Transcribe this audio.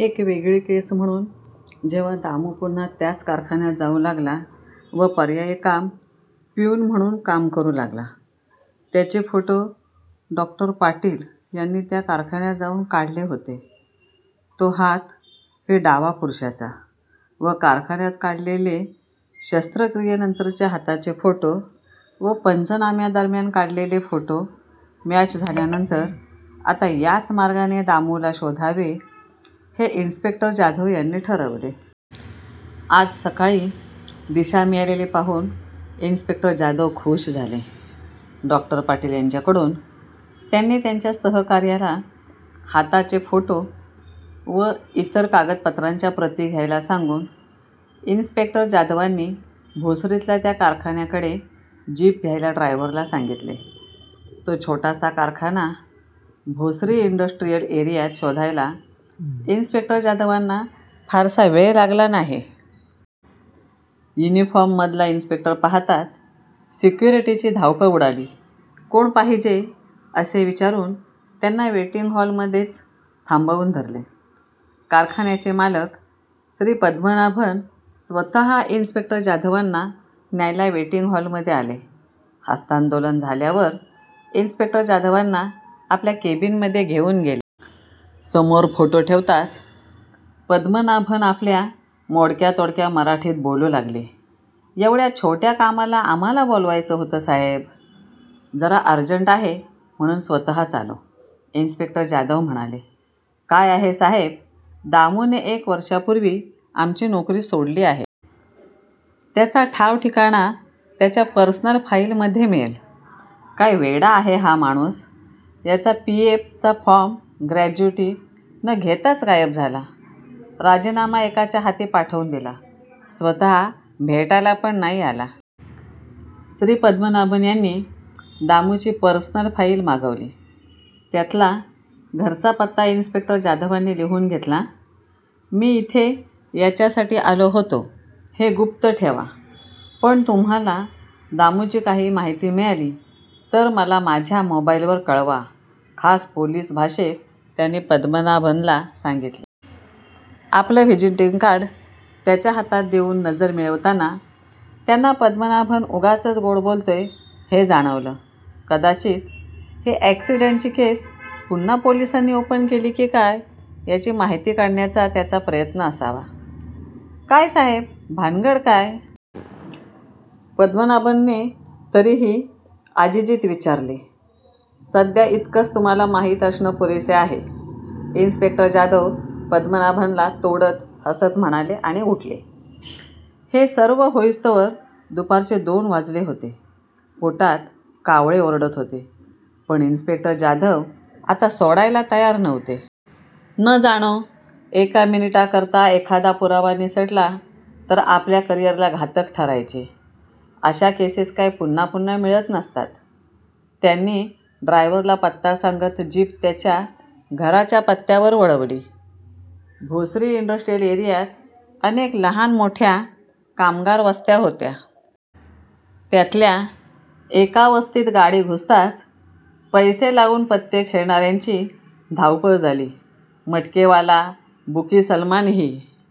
एक वेगळी केस म्हणुन जेव्हा दामु पुन्हा त्याच कारखान्यात जाऊ लागला, व पर्यायी काम प्युन म्हणुन काम करु लागला त्याचे फोटो डॉ. पाटील यांनी त्या कारखान्यात जाऊन काढले होते. " तो हात " ही डावा, पुरूषाचा व कारखान्यात काढलेले शस्त्रक्रियेनंतरचे हाताचे फोटो व पंचनाम्यादरम्यान काढलेले फोटॉ मॅच झाल्यानंतर आता याच मार्गाने दामुला शोधावे हे इन्सपेक्टर जाधव यांनी ठरवले. आज सकाळी दिशा मिळालेली पाहुन इन्सपेक्टर जाधव खुष झाले. डॉ. पाटील यांच्याकडुन त्यांनी त्यांच्या सहकार्याला हातचे फोटो व इतर कागदपत्रांच्या प्रती घ्यायला सांगुन इन्सपेक्टर जाधवांनी भोसरीतल्या त्या कारखान्याकडे जीप घ्यायला ड्रायव्हरला सांगीतले. तो छोटासा कारखाना भोसरी इंडस्ट्रीयल एरीयात शोधायला इन्सपेक्टर जाधवांना फारसा वेळ लागला नाही. युनीफार्ममधला इन्सपेक्टर पहाताच सिक्युरीटीची धावपळ उडाली. कोण पाहिजे असे विचारुन त्यांना वेटींग हॉल मध्येच थांबवुन धरले. कारखान्याचे मालक श्री पद्मनाभन स्वतः इन्सपेक्टर जाधवांना न्यायला वेटींग हॉलमधे आले. ह्स्तांदोलन झाल्यावर इन्सपेक्टर जाधवांना आपल्या केबीनमध्ये घेऊन गेले. समोर फोटो ठेवताच पद्मनाभन आपल्या मोडक्या तोडक्या मराठीत बोलु लागले " येव्हड्या छोट्या कामाला आम्हाला बोलवयच होत साहेब". "जरा अर्जंट आहे म्हणुन स्वतःच आलो "इन्सपेक्टर जाधव म्हणाले. " काय आहे साहेब दामु ने एक वर्षापुर्वी आमची नोकरी सोडली आहे. त्याचा ठाव ठिकाणा त्याच्या पर्सनल फाईल मधे मिळेल. काय वेडा आहे हा माणुस. याचा पी. एफ. चा फॉर्म, ग्रॅच्युटी न घेताच गायब झाला. राजीनामा एकाच्या हाती पाठवुन दिला. स्वतः भेटायला पण नाही आला. श्री. पद्मनाभन यांनी दामुची पर्सनल फाईल मागवली. त्यातला घरचा पत्ता इन्सपेक्टर जाधवांनी लिहुन घेतला. "मी इथे याच्यासाठी आलो होतो हे गुप्त ठेवा पण तुम्हाला दामुची काही माहिती मिळालीतर मला माझ्या मोबाईलवर कळवा. " खास पोलीसी भाषेत त्यांनी पद्मनाभनला सांगीतले. आपल व्हिजीटींग कार्ड त्याच्या हातात देऊन नजर मिळवताना त्यांना पदमनाभन उगाचच गोड बोलतोय हे जाणवल. कदाचीत ही अॅक्सीडेंट्ची केस पुन्हा पोलीसांनी ओपन केली की काय याची माहिती काढण्याचा त्याचा प्रयत्न असावा "काय साहेब भानगड काय? " पद्मनाभन ने तरीही अजिजीत विचारले. "सध्या इतकच तुम्हाला माहित असण पुरेसे आहे" इन्सपेक्टर जाधव पद्मनाभनला तोडत हसत म्हणाले आणि उठले. हे सर्व होईस्त्वर दुपारचे दोन वाजले होते. पोटात कावळे ओरडत होते पण इन्सपेक्टर जाधव आता सोडायला तयार नव्हते. न जाणो एका मिनीटाकरता एखादा पुरावा निसटला तर आपल्या करीयरला घातक ठरायचे. अश्या केसेस काय पुन्हा पुन्हा मिळत नसतात. त्यांनी ड्रायव्हरला पत्ता सांगत जीप त्याच्या घराच्या पत्यावर वळवली. भोसरी इंडस्ट्रीयल एरीयात अनेक लहान मोठ्या कामगार वस्त्या होत्या. त्यातल्या एका वस्तीत गाडी घुसताच पैसे लाऊन पत्ते खेळणार्यांची धावपळ झाली. मटकेवाला बुकी सलमान ही--